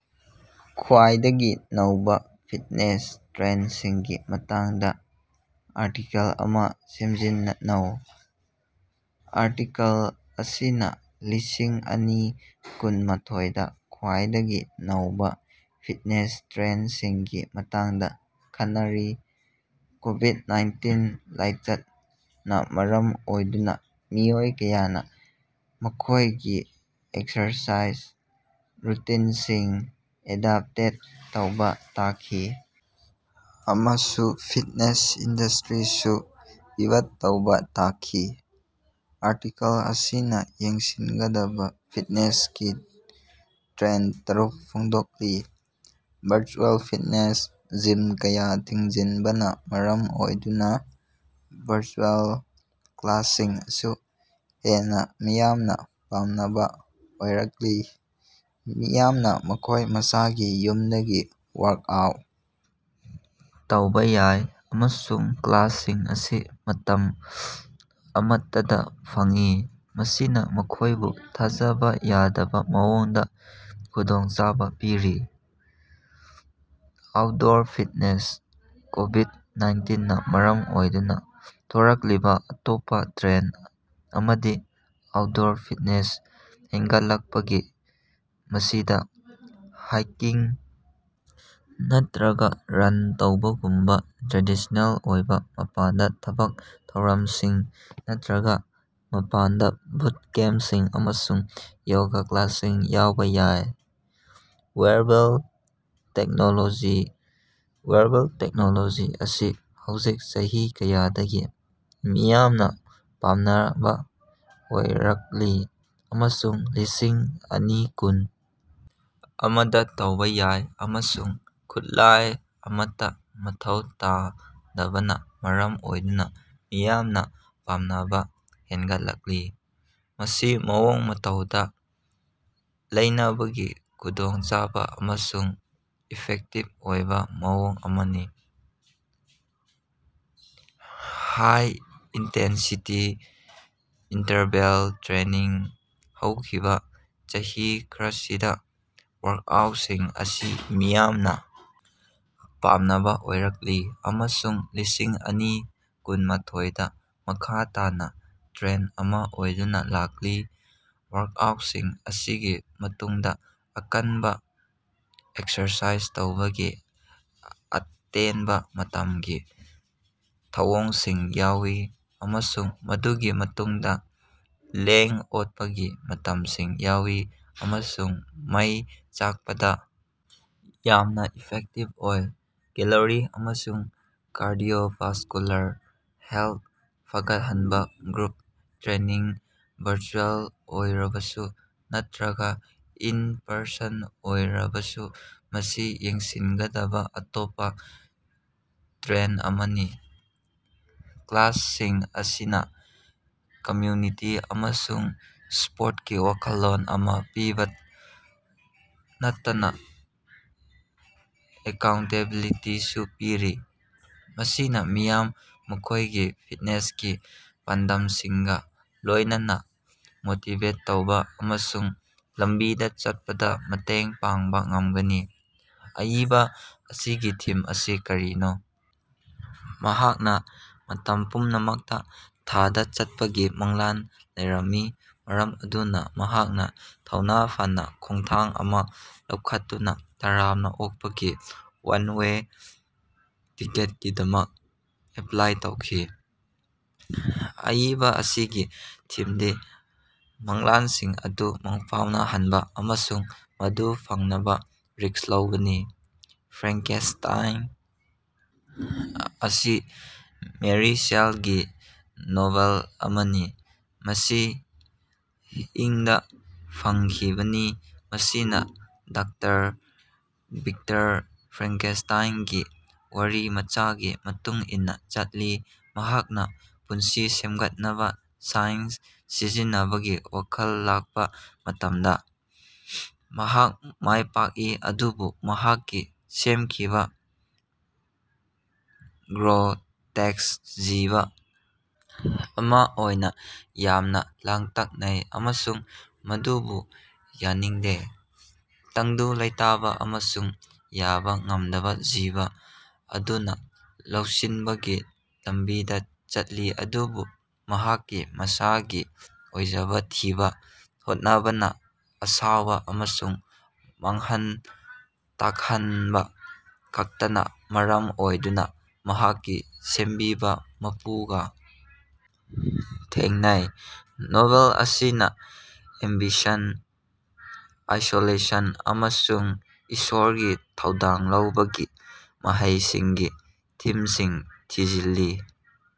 ꯈ꯭ꯋꯥꯏꯗꯒꯤ ꯅꯧꯕ ꯐꯤꯠꯅꯦꯁ ꯇ꯭ꯔꯦꯟꯗꯁꯤꯡꯒꯤ ꯃꯇꯥꯡꯗ ꯑꯥꯔꯇꯤꯀꯦꯜ ꯑꯃ ꯁꯃꯖꯤꯟꯅꯧ꯫ ꯑꯥꯔꯇꯤꯀꯜ ꯑꯁꯤꯅ ꯂꯤꯁꯤꯡ ꯑꯅꯤ ꯀꯨꯟ ꯃꯥꯊꯣꯏ ꯗꯥ ꯈ꯭ꯋꯥꯏꯗꯒꯤ ꯅꯧꯕ ꯐꯤꯠꯅꯦꯁ ꯇ꯭ꯔꯦꯟꯗꯁꯤꯡꯒꯤ ꯃꯇꯥꯡꯗ ꯈꯟꯅꯔꯤ, ꯀꯣꯕꯤꯗ-ꯅꯥꯏꯟꯇꯤꯟ ꯂꯥꯏꯆꯠꯅ ꯃꯔꯝ ꯑꯣꯏꯗꯨꯅ ꯃꯤꯑꯣꯏ ꯀꯌꯥꯅ ꯃꯈꯣꯏꯒꯤ ꯑꯦꯛꯁꯔꯁꯥꯏꯖ ꯔꯨꯇꯤꯟꯁꯤꯡ ꯑꯦꯗꯞꯇꯦꯠ ꯇꯧꯕ ꯇꯥꯈꯤ ꯑꯃꯁꯨꯡ ꯐꯤꯠꯅꯦꯁ ꯏꯟꯗꯁꯇ꯭ꯔꯤꯁꯨ ꯄꯤꯚꯠ ꯇꯧꯕ ꯇꯥꯈꯤ꯫ ꯑꯥꯔꯇꯤꯀꯜ ꯑꯁꯤꯅ ꯌꯦꯡꯁꯤꯟꯒꯗꯕ ꯐꯤꯠꯅꯦꯁꯀꯤ ꯇ꯭ꯔꯦꯟꯗ ꯇꯔꯨꯛ ꯐꯣꯡꯗꯣꯛꯂꯤ - ꯚꯔꯆꯨꯑꯦꯜ ꯐꯤꯠꯅꯦꯁ -ꯖꯤꯝ ꯀꯌꯥ ꯊꯤꯡꯖꯤꯟꯕꯅ ꯃꯔꯝ ꯑꯣꯏꯗꯨꯅ ꯚꯔꯆꯨꯑꯦꯜ ꯀ꯭ꯂꯥꯁꯁꯤꯡ ꯑꯁꯤ ꯍꯦꯟꯅ ꯃꯤꯌꯥꯝꯅ ꯄꯥꯝꯅꯕ ꯑꯣꯏꯔꯛꯂꯤ꯫ ꯃꯤꯌꯥꯝꯅ ꯃꯈꯣꯏ ꯃꯁꯥꯒꯤ ꯌꯨꯝꯗꯒꯤ ꯋꯥ꯭ꯔꯛꯑꯥꯎꯠ ꯇꯧꯕ ꯌꯥꯏ, ꯑꯃꯁꯨꯡ ꯀ꯭ꯂꯥꯁꯁꯤꯡ ꯑꯁꯤ ꯃꯇꯝ ꯑꯃꯠꯇꯗ ꯐꯪꯏ, ꯃꯁꯤꯅ ꯃꯈꯣꯏꯕꯨ ꯊꯥꯖꯕ ꯌꯥꯗꯕ ꯃꯑꯣꯡꯗ ꯈꯨꯗꯣꯡꯆꯥꯕ ꯄꯤꯔꯤ꯫ ꯑꯥ꯭ꯎꯠꯗꯣꯔ ꯐꯤꯠꯅꯦꯁ - ꯀꯣꯕꯤꯗ - ꯅꯥꯏꯟꯇꯤꯟ ꯅꯥ ꯃꯔꯝ ꯑꯣꯏꯗꯨꯅ ꯊꯣꯔꯛꯂꯤꯕ ꯑꯇꯣꯞꯄ ꯇ꯭ꯔꯦꯟꯗ ꯑꯃꯗꯤ ꯑꯥ꯭ꯎꯠꯗꯣꯔ ꯐꯤꯠꯅꯦꯁ ꯍꯦꯟꯒꯠꯂꯛꯄꯒꯤ꯫ ꯃꯁꯤꯗ ꯍꯥꯏꯀꯤꯡ ꯅꯠꯇꯔꯒ ꯔꯟ ꯇꯧꯕꯒꯨꯝꯕ ꯇ꯭ꯔꯦꯗꯤꯁ꯭ꯅꯦꯜ ꯑꯣꯏꯕ ꯃꯄꯥꯟꯗ ꯊꯕꯛ ꯊꯧꯔꯝꯁꯤꯡ, ꯅꯠꯇꯔꯒ ꯃꯄꯥꯟꯗ ꯕꯨꯠ ꯀꯦꯝꯄꯁꯤꯡ ꯑꯃꯁꯨꯡ ꯌꯣꯒ ꯀ꯭ꯂꯥꯁꯁꯤꯡ ꯌꯥꯎꯕ ꯌꯥꯏ꯫ ꯋꯦꯌꯔꯕꯦꯜ ꯇꯦꯛꯅꯣꯂꯣꯖꯤ - ꯋꯦꯌꯔꯑꯦꯕꯜ ꯇꯦꯛꯅꯣꯂꯣꯖꯤ ꯑꯁꯤ ꯍꯧꯖꯤꯛ ꯆꯍꯤ ꯀꯌꯥꯗꯒꯤ ꯃꯤꯌꯥꯝꯅ ꯄꯥꯝꯅꯕꯥꫪ ꯑꯣꯏꯔꯛꯂꯤ ꯑꯃꯁꯨꯡ ꯂꯤꯁꯤꯡ ꯑꯅꯤ ꯀꯨꯟ ꯑꯃꯗ ꯇꯧꯕ ꯌꯥꯏ ꯑꯃꯁꯨꯡ ꯈꯨꯠꯂꯥꯏ ꯑꯃꯠꯇ ꯃꯊꯧ ꯇꯥꯗꯕꯅꯥ ꯃꯔꯝ ꯑꯣꯏꯗꯨꯅ ꯃꯤꯌꯥꯝꯅ ꯄꯥꯝꯅꯕ ꯍꯦꯟꯒꯠꯂꯛꯂꯤ꯫ ꯃꯁꯤ ꯃꯑꯣꯡ ꯃꯇꯧꯗ ꯂꯩꯅꯕꯒꯤ ꯈꯨꯗꯣꯡꯆꯥꯕ ꯑꯃꯁꯨꯡ ꯏꯐꯦꯛꯇꯤꯕ ꯑꯣꯏꯕ ꯃꯑꯣꯡ ꯑꯃꯅꯤ꯫ ꯍꯥꯏ-ꯏꯟꯇꯦꯟꯁꯤꯇꯤ ꯏꯟꯇꯔꯚ‌ꯦꯜ ꯇ꯭ꯔꯦꯅꯤꯡ - ꯍꯧꯈꯤꯕ ꯆꯍꯤ ꯈꯔꯁꯤꯗ ꯋꯥ꯭ꯔꯛꯑꯥ꯭ꯎꯠꯁꯤꯡ ꯑꯁꯤ ꯃꯤꯌꯥꯝꯅ ꯄꯥꯝꯅꯕ ꯑꯣꯏꯔꯛꯂꯤ ꯑꯃꯁꯨꯡ ꯂꯤꯁꯤꯡ ꯑꯅꯤ ꯀꯨꯟ ꯃꯥꯊꯣꯏ ꯗꯥ ꯃꯈꯥ ꯇꯥꯅ ꯇ꯭ꯔꯦꯟꯗ ꯑꯃ ꯑꯣꯏꯗꯨꯅ ꯂꯥꯛꯂꯤ, ꯋꯥ꯭ꯔꯛꯑꯥ꯭ꯎꯠꯁꯤꯡ ꯑꯁꯤꯒꯤ ꯃꯇꯨꯡꯗ ꯑꯀꯟꯕ ꯑꯦꯛꯁꯔꯁꯥꯏꯖ ꯇꯧꯕꯒꯤ ꯑꯇꯦꯟꯕ ꯃꯇꯝꯒꯤ ꯊꯧꯑꯣꯡꯁꯤꯡ ꯌꯥꯎꯏ, ꯑꯃꯁꯨꯡ ꯃꯗꯨꯒꯤ ꯃꯇꯨꯡꯗ ꯂꯦꯡ-ꯑꯣꯠꯄꯒꯤ ꯃꯇꯝꯁꯤꯡ ꯌꯥꯎꯏ, ꯑꯃꯁꯨꯡ ꯃꯩ ꯆꯥꯛꯄꯗ ꯌꯥꯝꯅ ꯏꯐꯦꯛꯇꯤꯚ ꯑꯣꯏ꯫ ꯀꯦꯂꯣꯔꯤ ꯑꯃꯁꯨꯡ ꯀꯥꯔꯗꯤꯑꯣꯚꯥꯁꯀꯨꯂꯥꯔ ꯍꯦꯜꯊ ꯐꯒꯠꯍꯟꯕ- ꯒ꯭ꯔꯨꯞ ꯇ꯭ꯔꯦꯅꯤꯡ, ꯚꯔꯆꯨꯑꯦꯜ ꯑꯣꯏꯔꯕꯁꯨ ꯅꯠꯇꯔꯒ ꯏꯟ-ꯄꯔꯁꯟ ꯑꯣꯏꯔꯕꯁꯨ, ꯃꯁꯤ ꯌꯦꯡꯁꯤꯟꯒꯗꯕ ꯑꯇꯣꯞꯄ ꯇ꯭ꯔꯦꯟꯗ ꯑꯃꯅꯤ꯫ ꯀ꯭ꯂꯥꯁꯁꯤꯡ ꯑꯁꯤꯅ ꯀꯝꯃ꯭ꯌꯨꯅꯤꯇꯤ ꯑꯃꯁꯨꯡ ꯁꯄꯣꯔꯇꯀꯤ ꯋꯥꯈꯜꯂꯣꯟ ꯑꯃ ꯄꯤꯕꯇ ꯅꯠꯇꯅꯥ ꯑꯦꯀꯥꯎꯟꯇꯦꯕꯤꯂꯤꯇꯤꯁꯨ ꯄꯤꯔꯤ, ꯃꯁꯤꯅ ꯃꯤꯌꯥꯝ ꯃꯈꯣꯏꯒꯤ ꯐꯤꯠꯅꯦꯁꯀꯤ ꯄꯥꯟꯗꯝꯁꯤꯡꯒ ꯂꯣꯏꯅꯅꯥ ꯃꯣꯇꯤꯕꯦꯠ ꯇꯧꯕ ꯑꯃꯁꯨꯡ ꯂꯝꯕꯤꯗ ꯆꯠꯄꯗ ꯃꯇꯦꯡ ꯄꯥꯡꯕ ꯉꯝꯒꯅꯤ꯫ ꯑꯏꯕ ꯑꯁꯤꯒꯤ ꯊꯤꯝ ꯑꯁꯤ ꯀꯔꯤꯅꯣ? ꯃꯍꯥꯛꯅ ꯃꯇꯝ ꯄꯨꯝꯅꯃꯛꯇ ꯊꯥꯗ ꯆꯠꯄꯒꯤ ꯃꯪꯂꯥꯟ ꯂꯩꯔꯝꯃꯤ, ꯃꯔꯝ ꯑꯗꯨꯅ ꯃꯍꯥꯛꯅ ꯊꯧꯅ ꯐꯅꯥ ꯈꯣꯡꯊꯥꯡ ꯑꯃ ꯂꯧꯈꯠꯇꯨꯅꯥ ꯇꯔꯥꯝꯅ ꯑꯣꯛꯄꯒꯤ ꯋꯥꯟ-ꯋꯦ ꯇꯤꯀꯦꯠꯀꯤꯗꯃꯛ ꯑꯦꯞꯂꯥꯏ ꯇꯧꯈꯤ꯫ ꯑꯏꯕ ꯑꯁꯤꯒꯤ ꯊꯤꯝꯗꯤ ꯃꯪꯂꯥꯟꯁꯤꯡ ꯑꯗꯨ ꯃꯪꯐꯥꯎꯅꯍꯟꯕ ꯑꯃꯁꯨꯡ ꯃꯗꯨ ꯐꯪꯅꯕ ꯔꯤꯛꯁ ꯂꯧꯒꯅꯤ꯫ ꯐ꯭ꯔꯦꯡꯀꯦꯁ꯭ꯇꯥꯏꯟ ꯑꯁꯤ ꯃꯦꯔꯤ ꯁꯦꯜꯒꯤ ꯅꯣꯚꯦꯜ ꯑꯃꯅꯤ, ꯃꯁꯤ ꯏꯪ ꯗꯥ ꯐꯣꯡꯈꯤꯕꯅꯤ, ꯃꯁꯤꯅ ꯗꯥꯛꯇꯔ ꯚꯤꯛꯇꯔ ꯐ꯭ꯔꯦꯡꯀꯦꯁ꯭ꯇꯥꯏꯟꯒꯤ ꯋꯥꯔꯤꯃꯆꯥꯒꯤ ꯃꯇꯨꯡ ꯏꯟꯅ ꯆꯠꯂꯤ, ꯃꯍꯥꯛꯅ ꯄꯨꯟꯁꯤ ꯁꯦꯝꯒꯠꯅꯕ ꯁꯥꯏꯟꯁ ꯁꯤꯖꯤꯟꯅꯕꯒꯤ ꯋꯥꯈꯜ ꯂꯥꯛꯄ ꯃꯇꯝꯗ꯫ ꯃꯍꯥꯛ ꯃꯥꯏ ꯄꯥꯛꯏ, ꯑꯗꯨꯕꯨ ꯃꯍꯥꯛꯀꯤ ꯁꯦꯝꯈꯤꯕ, ꯒ꯭ꯔꯣꯇꯦꯛꯁ ꯖꯤꯕ ꯑꯃ ꯑꯣꯏꯅ ꯌꯥꯝꯅ ꯂꯥꯡꯇꯛꯅꯩ ꯑꯃꯁꯨꯡ ꯃꯗꯨꯕꯨ ꯌꯥꯅꯤꯡꯗꯦ꯫ ꯇꯪꯗꯨ ꯂꯩꯇꯥꯕ ꯑꯃꯁꯨꯡ ꯌꯥꯕ ꯉꯝꯗꯕꯥ ꯖꯤꯕ ꯑꯗꯨꯅ ꯂꯧꯁꯤꯟꯕꯒꯤ ꯂꯝꯕꯤꯗ ꯆꯠꯂꯤ ꯑꯗꯨꯕꯨ ꯃꯍꯥꯛꯀꯤ ꯃꯁꯥꯒꯤ ꯑꯣꯏꯖꯕ ꯊꯤꯕ ꯍꯣꯠꯅꯕꯅꯥ ꯑꯁꯥꯎꯕ ꯑꯃꯁꯨꯡ ꯃꯥꯡꯍꯟ ꯇꯥꯛꯍꯟꯕ ꯈꯛꯇꯅꯥ ꯃꯔꯝ ꯑꯣꯏꯗꯨꯅ ꯃꯍꯥꯛꯀꯤ ꯁꯦꯝꯕꯤꯕ ꯃꯄꯨꯒ ꯊꯦꯡꯅꯩ꯫ ꯅꯣꯚꯦꯜ ꯑꯁꯤꯅ ꯑꯦꯝꯕꯤꯁꯟ, ꯑꯥꯏꯁꯣꯂꯦꯁꯟ ꯑꯃꯁꯨꯡ ꯏꯁꯣꯔꯒꯤ ꯊꯧꯗꯥꯡ ꯂꯧꯕꯒꯤ ꯃꯍꯩꯁꯤꯡꯒꯤ ꯊꯤꯝꯁꯤꯡ ꯊꯤꯖꯤꯜꯂꯤ꯫